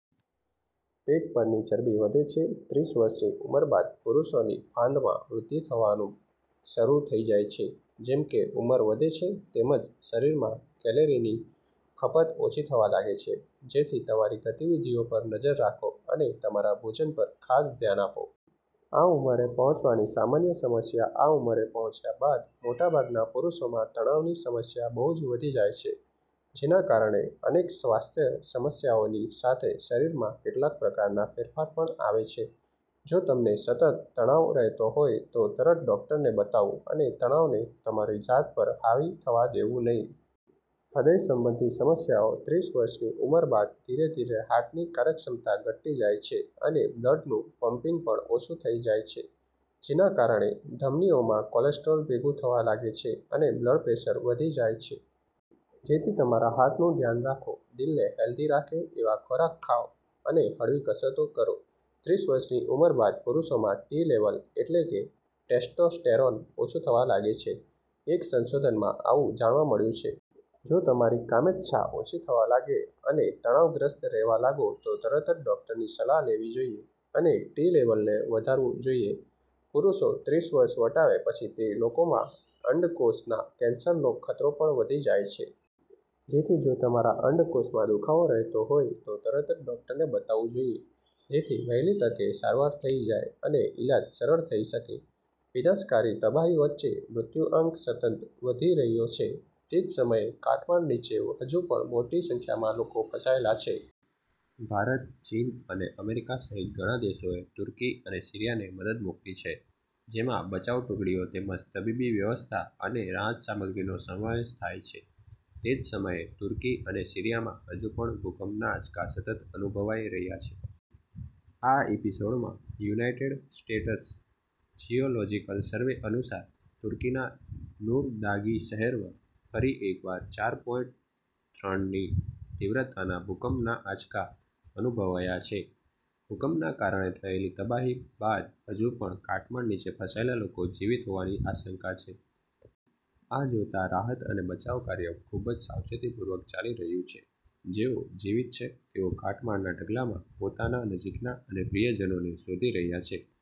પેટ પરની ચરબી વધે છે ત્રીસ વર્ષની ઉંમર બાદ પુરૂષોની ફાંદમાં વૃદ્ધિ થવાનું શરૂ થઈ જાય છે. જેમ કે ઉંમર વધે છે તેમ જ શરીરમાં કેલરીની ખપત ઓછી થવા લાગે છે. જેથી તમારી ગતિવિધિઓ પર નજર રાખો અને તમારા ભોજન પર ખાસ ધ્યાન આપો. આ ઉંમરે પહોંચવાની સામાન્ય સમસ્યા આ ઉંમરે પહોંચ્યા બાદ મોટાભાગના પુરૂષોમાં તણાવની સમસ્યા બહુ જ વધી જાય છે. જેના કારણે અનેક સ્વાસ્થ્ય સમસ્યાઓની સાથે શરીરમાં કેટલાક પ્રકારના ફેરફાર પણ આવે છે. જો તમને સતત તણાવ રહેતો હોય તો તરત ડોક્ટરને બતાવવું અને તણાવને તમારી જાત પર હાવી થવા દેવું નહીં. હૃદય સંબંધી સમસ્યાઓ ત્રીસ વર્ષની ઉંમર બાદ ધીરે-ધીરે હાર્ટની કાર્યક્ષમતા ઘટતી જાય છે અને બ્લડનું પંપિગ પણ ઓછું થઈ જાય છે. જેના કારણે ધમનીઓમાં કોલેસ્ટ્રોલ ભેગું થવા લાગે છે અને બ્લડપ્રેશર વધી જાય છે. જેથી તમારા હાર્ટનું ધ્યાન રાખો, દિલને હેલ્ધી રાખે. એવા ખોરાક ખાઓ અને હળવી કસરતો કરો. ત્રીસ વર્ષની ઉંમર બાદ પુરૂષોમાં ટી લેવલ એટલે કે ટેસ્ટોસ્ટેરોન ઓછું થવા લાગે છે. એક સંશોધનમાં આવું જાણવા મળ્યું છે. જો તમારી કામેચ્છા ઓછી થવા લાગે અને તણાવગ્રસ્ત રહેવા લાગો તો તરત જ ડોક્ટરની સલાહ લેવી જોઈએ અને ટી લેવલને વધારવું જોઈએ. પુરૂષો ત્રીસ વર્ષ વટાવે પછી તે લોકોમાં અંડકોષના કેન્સરનો ખતરો પણ વધી જાય છે. જેથી જો તમારા અંડકોષમાં દુખાવો રહેતો હોય તો તરત જ ડોક્ટરને બતાવવું જોઈએ. જેથી વહેલી તકે સારવાર થઈ જાય અને ઈલાજ સરળ થઈ શકે. વિનાશકારી તબાહી વચ્ચે, મૃત્યુઆંક સતત વધી રહ્યો છે. તે જ સમયે, કાટમાળ નીચે હજુ પણ મોટી સંખ્યામાં લોકો ફસાયેલા છે. ભારત, ચીન અને અમેરિકા સહિત ઘણા દેશોએ તુર્કી અને સીરિયાને મદદ મોકલી છે. જેમાં બચાવ ટુકડીઓ તેમજ તબીબી વ્યવસ્થા અને રાહત સામગ્રીનો સમાવેશ થાય છે. તે જ સમયે, તુર્કી અને સીરિયામાં હજુ પણ ભૂકંપના આંચકા સતત અનુભવાઈ રહ્યા છે. આ એપિસોડમાં, યુનાઇટેડ સ્ટેટ્સ જિયોલોજિકલ સર્વે અનુસાર, તુર્કીના નૂરદાગી શહેરમાં ફરી એકવાર ચાર પોઈન્ટ ત્રણની તીવ્રતાના ભૂકંપના આંચકા અનુભવાયા છે. ભૂકંપના કારણે થયેલી તબાહી બાદ હજુ પણ કાટમાળ નીચે ફસાયેલા લોકો જીવિત હોવાની આશંકા છે. આ જોતા રાહત અને બચાવ કાર્ય ખૂબ જ સાવચેતીપૂર્વક ચાલી રહ્યું છે, જેઓ જીવિત છે તેઓ કાટમાળના ઢગલામાં પોતાના નજીકના અને પ્રિયજનોને શોધી રહ્યા છે.